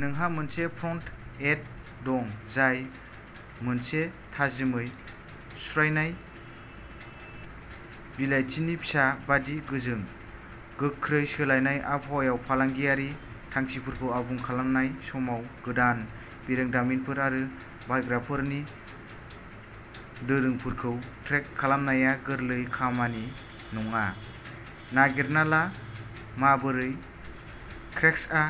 नोंहा मोनसे front end दं जाय मोनसे थाजिमै सुस्रायनाय बिलाथिनि फिसा बायदि गोजों। गोख्रै सोलायनाय आबहावायाव फालांगियारि थांखिफोरखौ आबुं खालामनाय समाव गोदान बिरोंदामिनफोर आरो बाहायग्राफोरनि दोरोंफोरखौ ट्रेक खालामनाया गोरलै खामानि नङा। नागिरना ला माबोरै क्रेक्सआ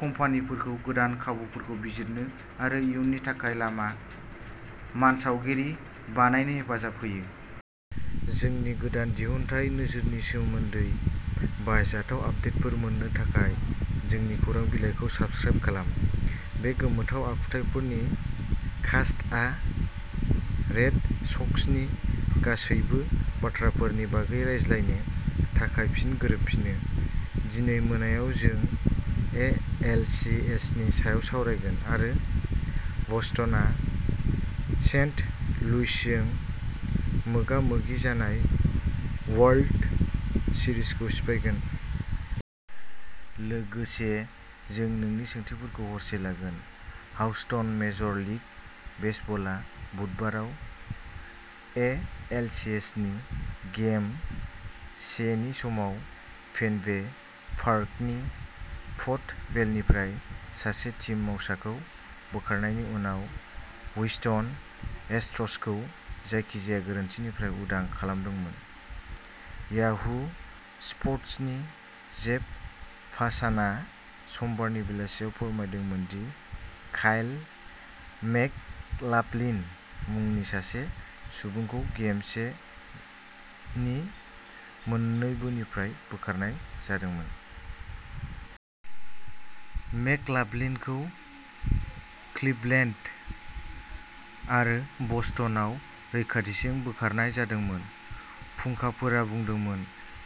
कम्पानिफोरखौ गोदान खाबुफोरखौ बिजिरनो आरो इयुननि थाखाय लामा मानसावगिरि बानायनो हेफाजाब होयो। जोंनि गोदान दिहुनथाइ नोजोरनि सोमोन्दै बाहायजाथाव आपदेटफोर मोन्नो थाखाय जोंनि खौरां बिलाइखौ साबस्क्राइब खालाम। बे गोमोथाव आखुथाइफोरनि कास्टआ रेड सक्सनि गासैबो बाथ्राफोरनि बागै रायज्लायनो थाखाय फिन गोरोबफिनो। दिनै मोनायाव जों एएलसीएसनि सायाव सावरायगोन आरो बस्टनआ सेन्ट लुइसजों मोगा मोगि जानाय वर्ल्ड सिरिजखौ सिफायगोन। लोगोसे जों नोंनि सोंथिफोरखौ हरसे लागोन हाउस्टन मेजर लीग बेसबलआ बुधबाराव एएलसीएसनि गेम से नि समाव फेनवे पार्कनि फटवेलनिफ्राय सासे टीम मावसाखौ बोखारनायनि उनाव ह्यूस्टन एस्ट्र'सखौ जायखिजाया गोरोन्थिनिफ्राय उदां खालामदोंमोन। याहू स्पर्टसनि जेफ पासानआ समबारनि बेलासियाव फोरमायदोंमोन दि काइल मेकलाफलिन मुंनि सासे सुबुंखौ गेम से नि मोन्नैबोनिफ्राय बोखारनाय जादोंमोन। मेकलाफलिनखौ क्लिभलेन्ड आरो बस्टनआव रैखाथिजों बोखारनाय जादोंमोन फुंखाफोरा बुंदोंमोन।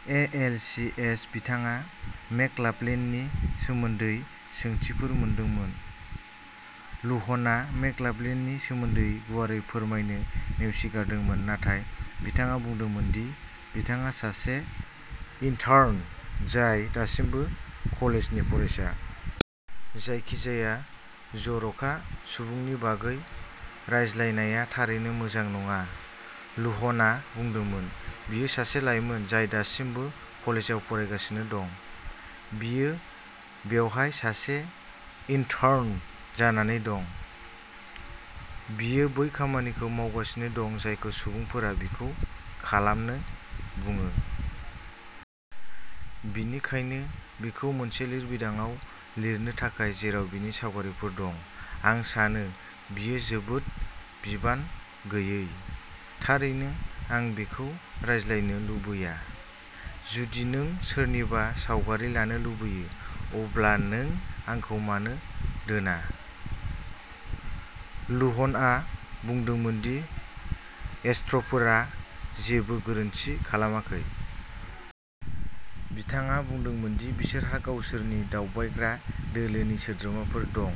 ए. एल. सी. एस. बिथाङा मेकलाफलिननि सोमोन्दै सोंथिफोर मोनदोंमोन। लुहन'आ मेकलाफलिननि सोमोन्दै गुवारै फोरमायनो नेवसिगारदोंमोन नाथाय बिथाङा बुंदोंमोन दि बिथाङा सासे इन्टार्न जाय दासिमबो कलेजनि फरायसा। "जायखिजाया जर'खा सुबुंनि बागै रायलायनाया थारैनो मोजां नङा", लुहन'आ बुंदोंमोन। "बेयो सासे लाइमोन जाय दासिमबो कलेजाव फरायगासिनो दं। बियो बेवहाय सासे इन्टार्न जानानै दं। बियो बै खामानिखौ मावगासिनो दं जायखौ सुबुंफोरा बिखौ खालामनो बुङो। बेनिखायनो बिखौ मोनसे लिरबिदांआव लिरनो थाखाय जेराव बिनि सावगारिफोर दं, आं सानो बेयो जोबोद बिबान गैयै। थारैनो, आं बेखौ रायज्लायनो लुबैया। जुदि नों सोरनिबा सावगारि लानो लुबैयो, अब्ला नों आंखौ मानो दोना। लुह्न'आ बुंदोंमोन दि एस्ट्र'फोरा जेबो गोरोन्थि खालामाखै। बिथाङा बुंदोंमोन दि बिसोरहा गावसोरनि दावबायग्रा दोलोनि सोद्रोमाफोर दं,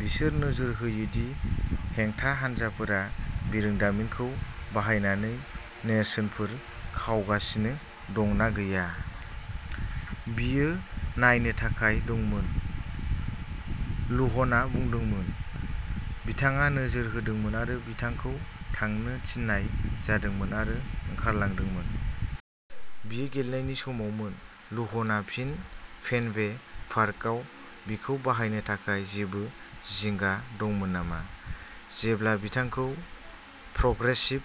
बिसोर नोजोर होयो दि हेंथा हानजाफोरा बिरोंदामिनखौ बाहायनानै नेरसोनफोर खावगासिनो दं ना गैया। बियो नायनो थाखाय दंमोन लुह्न'आ बुंदोंमोन। बिथाङा नोजोर होदोंमोन आरो बिथांखौ थांनो थिननाय जादोंमोन आरो ओंखारलांदोंमोन। बेयो गेलेनायनि समावमोन लुह्न'आ फिन फेनवे पार्कआव बिखौ बाहायनो थाखाय जेबो जिंगा दंमोन नामा, जेब्ला बिथांखौ प्रग्रेसिव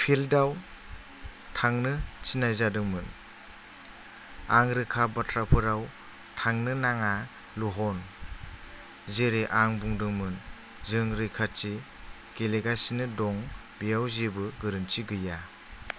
फील्डआव थांनो थिननाय जादोंमोन? आं रोखा बाथ्राफोराव थांनो नाङा लुह्न'। जेरै आं बुंदोंमोन जों रैखाथि गेलेगासिनो दं बेयाव जेबो गोरोन्थि गैया।